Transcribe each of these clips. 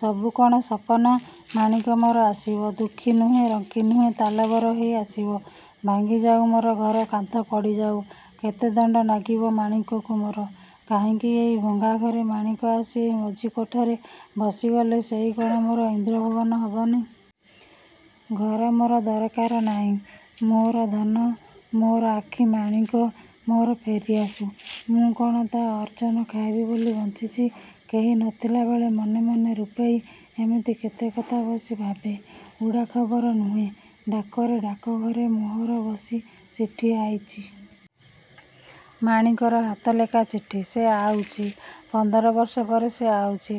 ସବୁ କଣ ସପନ! ମାଣିକ ମୋର ଆସିବ। ଦୁଃଖୀ ନୁହେଁ, ରଙ୍କୀ ନୁହେଁ, ତାଲବର ହେଇ ଆସିବ। ଭାଙ୍ଗି ଯାଉ ମୋର ଘର, କାନ୍ଥ ପଡ଼ିଯାଉ, କେତେ ଦଣ୍ଡ ନାଗିବ ମାଣିକକୁ ମୋର! କାହିଁକି, ଏଇ ଭଙ୍ଗାଘରେ, ମାଣିକ ଆସି ଏଇ ମଝି କୋଠାରେ ବସିଗଲେ ସେଇ କଣ ମୋର ଇନ୍ଦ୍ରଭୁବନ ହବନି-! ଘର ମୋର ଦରକାର ନାଇଁ। ମୋର ଧନ ମୋର ଆଖି ମାଣିକ ମୋର ଫେରିଆସୁ-। ମୁଁ କଣ ତା' ଅର୍ଜନ ଖାଇବି ବୋଲି ବଞ୍ଚିଛି।... କେହି ନଥିଲା ବେଳେ ମନେ ମନେ ରୂପେଇ ଏମିତି କେତେ କଥା ବସି ଭାବେ। ଉଡ଼ା ଖବର ନୁହେଁ। ଡାକରେ, ଡାକଘରେ ମୋହର ବସି ଚିଠି ଆଇଚି। ମାଣିକର ହାତ ଲେଖା ଚିଠି। ସେ ଆଉଚି। ପନ୍ଦର ବର୍ଷ ପରେ ସେ ଆଉଚି।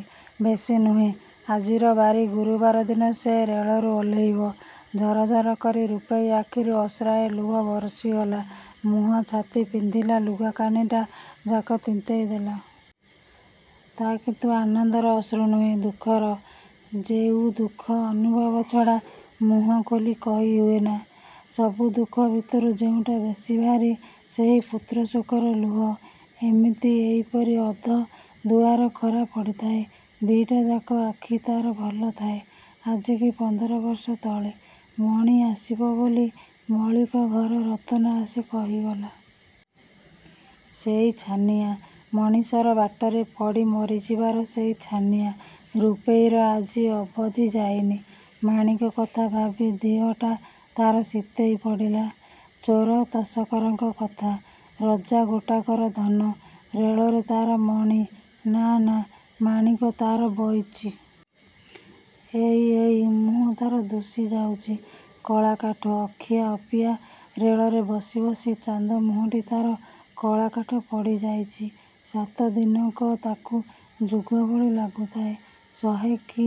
ବେଶି ନୁହେଁ, ଆଜିର ବାରି ଗୁରୁବାର ଦିନ ସେ ରେଳରୁ ଓହ୍ଲେଇବ। ଝରଝର କରି ରୂପେଇ ଆଖିରୁ ଅସ୍ରାଏ ଲୁହ ବର୍ଷିଗଲା। ମୁହଁ, ଛାତି, ପିନ୍ଧିଲା ଲୁଗାକାନିଟା ଯାକ ତିନ୍ତେଇ ଦେଲା। ତା' କିନ୍ତୁ ଆନନ୍ଦର ଅଶ୍ରୁ ନୁହେଁ, ଦୁଃଖର। ଯେଉ ଦୁଃଖ ଅନୁଭବ ଛଡ଼ା ମୁହଁ ଖୋଲି କହି ହୁଏନା–ସବୁ ଦୁଃଖ ଭିତରୁ ଯେଉଁଟା ବେଶି ଭାରୀ, ସେହି ପୁତ୍ରଶୋକର ଲୁହ। ଏମିତି, ଏଇପରି ଅଧ ଦୁଆରେ ଖରା ପଡ଼ିଥାଏ, ଦି'ଟା ଯାକ ଆଖି ତାର ଭଲ ଥାଏ, ଆଜିକି ପନ୍ଦର ବର୍ଷ ତଳେ, ମଣି ଆସିବ ବୋଲି ମଳିକ ଘର ରତନା ଆସି କହିଗଲା। ସେଇ ଛାନିଆ, ମଣିର ବାଟରେ ପଡ଼ି ମରିଯିବାର ସେଇ ଛାନିଆ ରୂପେଇର ଆଜି ଅବଧି ଯାଇନି। ମାଣିକ କଥା ଭାବି ଦିହଟା ତା'ର ଶୀତେଇ ପଡ଼ିଲା। ଚୋର ତସକରଙ୍କ କଥା। ରଜା ଗୋଟାକାର ଧନ। ରେଳରେ ତା'ର ମଣି, ନାଁ ନାଁ ମାଣିକ ତାର ବଇଚି। ଏଇ, ଏଇ, ମୁହଁ ତାର ଦୁଶିଯାଉଚି। କଳାକାଠ। ଅଖିଆ ଅପିଆ ରେଳରେ ବସି ବସି ଚାନ୍ଦ ମୁହଁଟି ତାର କଳାକାଠ ପଡ଼ି ଯାଇଚି। ସାତ ଦିନକ ତାକୁ ଯୁଗ ଭଳି ଲାଗୁଥାଏ। ଶହେ କି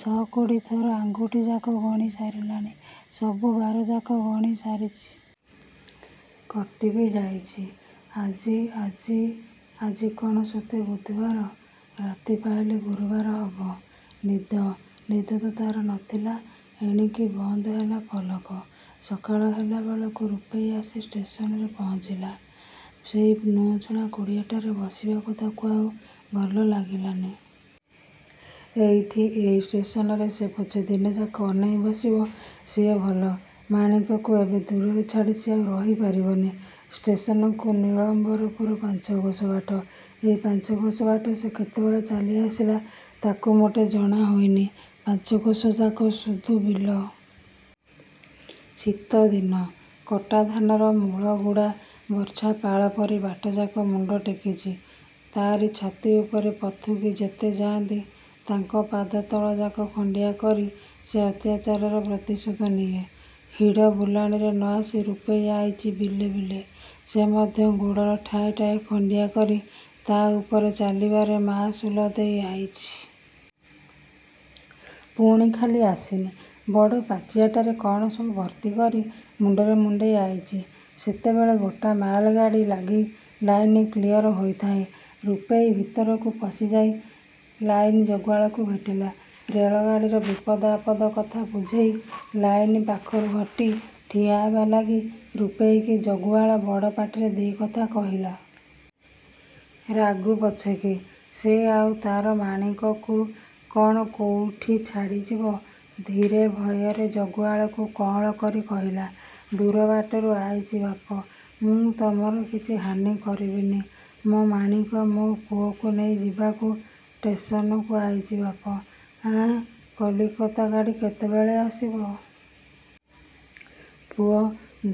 ଛ'କୋଡ଼ି ଥର ଆଙ୍ଗୁଠି ଯାକ ଗଣି ସାରିଲାଣି। ସବୁ ବାରଯାକ ଗଣି ସାରିଚି। କଟି ବି ଯାଇଚି। ଆଜି, ଆଜି–ଆଜି କଣ ସତେ ବୁଧବାର? ରାତି ପାହିଲେ ଗୁରୁବାର ହବ? ନିଦ; ନିଦତ ତା'ର ନଥିଲା, ଏଣିକି ବନ୍ଦ ହେଲା ପଲକ। ସକାଳ ହେଲାବେଳକୁ ରୂପେଇ ଆସି ଷ୍ଟେସନରେ ପହଁଚିଲା। ସେଇ ନୁ'ଛୁଣା କୁଡ଼ିଆଟାରେ ବସିବାକୁ ତାକୁ ଆଉ ଭଲ ଲାଗିଲାନି। ଏଇଠି, ଏଇ ଷ୍ଟେସନରେ ସେ ପଛେ ଦିନଯାକ ଅନେଇ ବସିବ ସିଏ ଭଲ, ମାଣିକକୁ ଏବେ ଦୂରରେ ଛାଡ଼ି ସେ ଆଉ ରହିପାରିବନି। ଷ୍ଟେସନକୁ ନୀଳମ୍ବରପୁର ପାଞ୍ଚକୋଶ ବାଟ। ଏଇ ପାଞ୍ଚକୋଶ ବାଟ ସେ କେତେବେଳେ ଚାଲିଆସିଲା ତାକୁ ମୋଟେ ଜଣା ହୋଇନି। ପାଞ୍ଚକୋଶ ଯାକ ଶୁଧୁ ବିଲ। ଶୀତଦିନ। କଟାଧାନର ମୂଳଗୁଡ଼ା ବର୍ଚ୍ଛା ପାଳ ପରି ବାଟଯାକ ମୁଣ୍ଡ ଟେକିଚି। ତାରି ଛାତି ଉପରେ ପଥୁକି ଯେତେ ଯାଆନ୍ତି ତାଙ୍କ ପାଦତଳଯାକ ଖଣ୍ଡିଆ କରି ସେ ଅତ୍ୟାଚାରର ପ୍ରତିଶୋଧ ନିଏ। ହିଡ଼ ବୁଲାଣିରେ ନ ଆସି ରୂପେଇ ଆଇଚି ବିଲେ ବିଲେ। ସେ ମଧ୍ୟ ଗୋଡ଼ର ଠାଏ ଠାଏ ଖଣ୍ଡିଆ କରି ତା' ଉପରେ ଚାଲିବାର ମା'ଶୁଲ ଦେଇ ଆଇଚି। ପୁଣି ଖାଲି ଆସିନି, ବଡ଼ ପାଚିଆଟାରେ କଣ ସବୁ ଭର୍ତ୍ତି କରି ମୁଣ୍ଡରେ ମୁଣ୍ଡେଇ ଆଇଚି। ସେତେବେଳେ ଗୋଟା ମାଲଗାଡ଼ି ଲାଗି ଲାଇନ କ୍ଲିଅର ହୋଇଥାଏ। ରୂପେଇ ଭିତରକୁ ପଶିଯାଇ ଲାଇନ୍ ଜଗୁଆଳକୁ ଭେଟିଲା। ରେଳଗାଡ଼ିର ବିପଦ ଆପଦ କଥା ବୁଝେଇ ଲାଇନ ପାଖରୁ ହଟି ଠିଆ ହେବା ଲାଗି ରୂପେଇକି ଜଗୁଆଳ ବଡ଼ ପାଟିରେ ଦି' କଥା କହିଲା। ରାଗୁ ପଛକେ, ସେ ଆଉ ତା'ର ମାଣିକକୁ କଣ କୋଉଠି ଛାଡ଼ିଯିବ। ଧୀରେ, ଭୟରେ, ଜଗୁଆଳକୁ କଅଁଳ କରି କହିଲା–ଦୂରବାଟରୁ ଆଇଚି ବାପ, ମୁଁ ତମର କିଛି ହାନି କରିବିନି। ମୋ ମାଣିକ, ମୋ ପୁଅକୁ ନେଇ ଯିବାକୁ ଟେସନକୁ ଆଇଚି ବାପ। ଆଁ–କଲିକତା ଗାଡ଼ି କେତେବେଳେ ଆସିବ। ପୁଅ,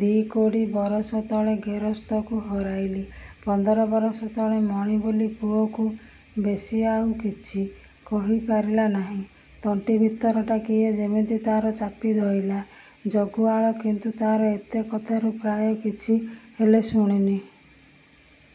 ଦି'କୋଡ଼ି ବରଷ ତଳେ ଗେରସ୍ତକୁ ହରାଇଲି, ପନ୍ଦର ବରଷ ତଳେ ମଣି ବୋଲି ପୁଅକୁ–ବେଶି ଆଉ କିଛି। କହି ପାରିଲା ନାହିଁ। ତଣ୍ଟି ଭିତରଟା କିଏ ଯେମିତି ତାର ଚାପି ଧଇଲା। ଜଗୁଆଳ କିନ୍ତୁ ତାର ଏତେ କଥାରୁ ପ୍ରାୟ କିଛି ହେଲେ ଶୁଣିନି।